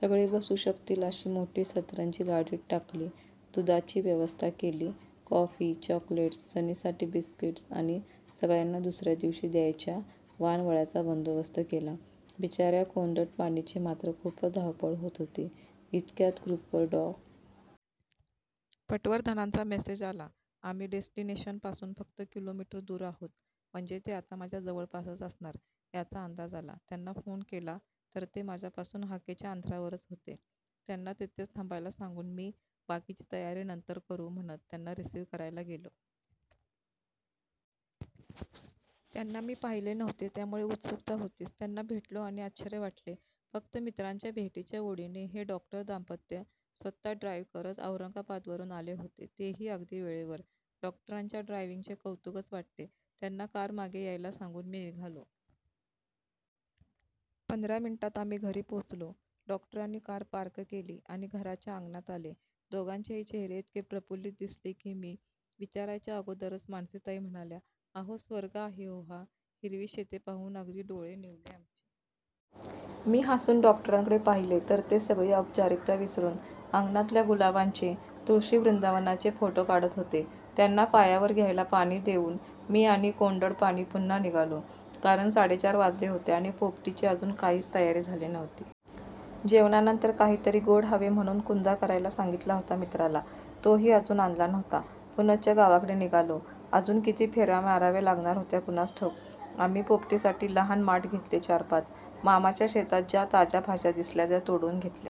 सगळे बसू शकतील अशी मोठी सतरंजी गाडीत टाकली, दुधाची व्यवस्था केली, कॉफी, चॉकलेटस्, सनीसाठी बिस्किटस, आणि सगळ्यांना दुसऱ्या दिवशी द्यायच्या 'वानवळ्या'चा बंदोबस्त केला. बिचाऱ्या कोदंडपाणीची मात्र खुपच धावपळ होत होती. इतक्यात ग्रुपवर डॉ. पटवर्धनांचा मेसेज आला "आम्ही डेस्टिनेशन पासुन फक्त किलोमिटर दुर आहोत" म्हणजे ते आता माझ्या जवळपासच असणार याचा अंदाज आला. त्यांना फोन केला तर ते माझ्यापासुन हाकेच्या अंतरावरच होते. त्यांना तेथेच थांबायला सांगुन मी 'बाकीची तयारी नंतर करु' म्हणत त्यांना रिसिव्ह करायला गेलो. त्यांना मी पाहीले नव्हते त्यामुळे उत्सुकता होतीच. त्यांना भेटलो आणि आश्चर्य वाटले. फक्त मित्रांच्या भेटीच्या ओढीने हे डॉक्टर दांपत्य स्वतः ड्राईव्ह करत औरंगाबादवरुन आले होते. तेही अगदी वेळेवर. डॉक्टरांच्या ड्रायव्हींगचे कौतुकच वाटले. त्यांना कारमागे यायला सांगुन मी निघालो. पंधरा मिनिटात आम्ही घरी पोहचलो. डॉक्टरांनी कार पार्क केली आणि घराच्या अंगणात आले. दोघांचेही चेहरे इतके प्रफुल्लीत दिसले की मी विचारायच्या अगोदरच मानसीताई म्हणाल्या "अहो स्वर्ग आहे हो हा. हिरवी शेते पाहुन अगदी डोळे निवले आमचे. " मी हसुन डॉक्टरांकडे पाहीले तर ते सगळी औपचारीकता विसरुन अंगणातल्या गुलाबांचे, तुळशीवृंदावनाचे फोटो काढत होते. त्यांना पायावर घ्यायला पाणी देवून मी आणि कोदंडपाणी पुन्हा निघालो. कारण साडेचार वाजले होते आणि पोपटीची अजुन काहीच तयारी झाली नव्हती. जेवणानंतर काहीतरी गोड हवे म्हणून 'कुंदा' करायला सांगितला होता मित्राला तोही अजुन आणला नव्हता. पुनश्च गावाकडे निघालो. अजुन किती फेऱ्या माराव्या लागणार होत्या कुणास ठाऊक! आम्ही पोपटीसाठी लहान माठ घेतले चार पाच. मामाच्या शेतात ज्या ताज्या भाज्या दिसल्या त्या तोडुन घेतल्या.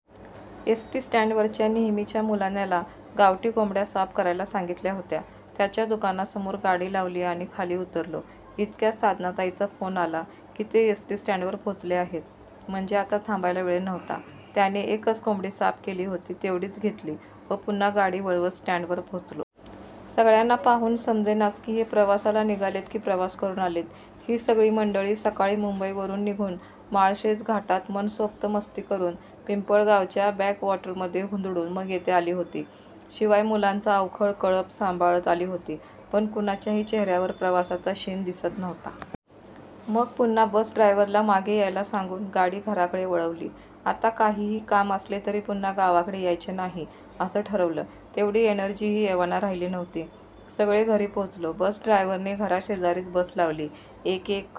एसटी स्टँडवरच्या नेहमीच्या मुलाण्याला गावठी कोंबड्या साफ करायला सांगितल्या होत्या, त्याच्या दुकानासमोर गाडी लावली आणि खाली उतरलो इतक्यात साधनाताईचा फोन आला की ते एसटी स्टँडवर पोहचले आहेत. म्हणजे आता थांबायला वेळ नव्हता. त्याने एकच कोंबडी साफ केली होती तेवढीच घेतली व पुन्हा गाडी वळवत स्टँडवर पोहचलो. सगळ्यांना पाहुन समजेनाच की हे प्रवासाला निघालेत की प्रवास करुन आलेत? ही सगळी मंडळी सकाळी मुंबईवरुन निघुन, माळशेज घाटात मनसोक्त मस्ती करुन, पिंपळगावच्या बॅकवॉटरमधे हुंदडून मग येथे आली होती, शिवाय मुलांचा अवखळ कळप सांभाळत आली होती, पण कुणाच्याही चेहऱ्यावर प्रवासाचा शिण दिसत नव्हता. मग पुन्हा बसड्रायव्हरला मागे यायला सांगुन गाडी घराकडे वळवली. आता काहीही काम असले तरी पुन्हा गावाकडे यायचे नाही असं ठरवलं. तेवढी एनर्जीही एव्हाना राहीली नव्हती. सगळे घरी पोहचलो. बसड्रायव्हरने घराशेजारीच बस लावली. एक एक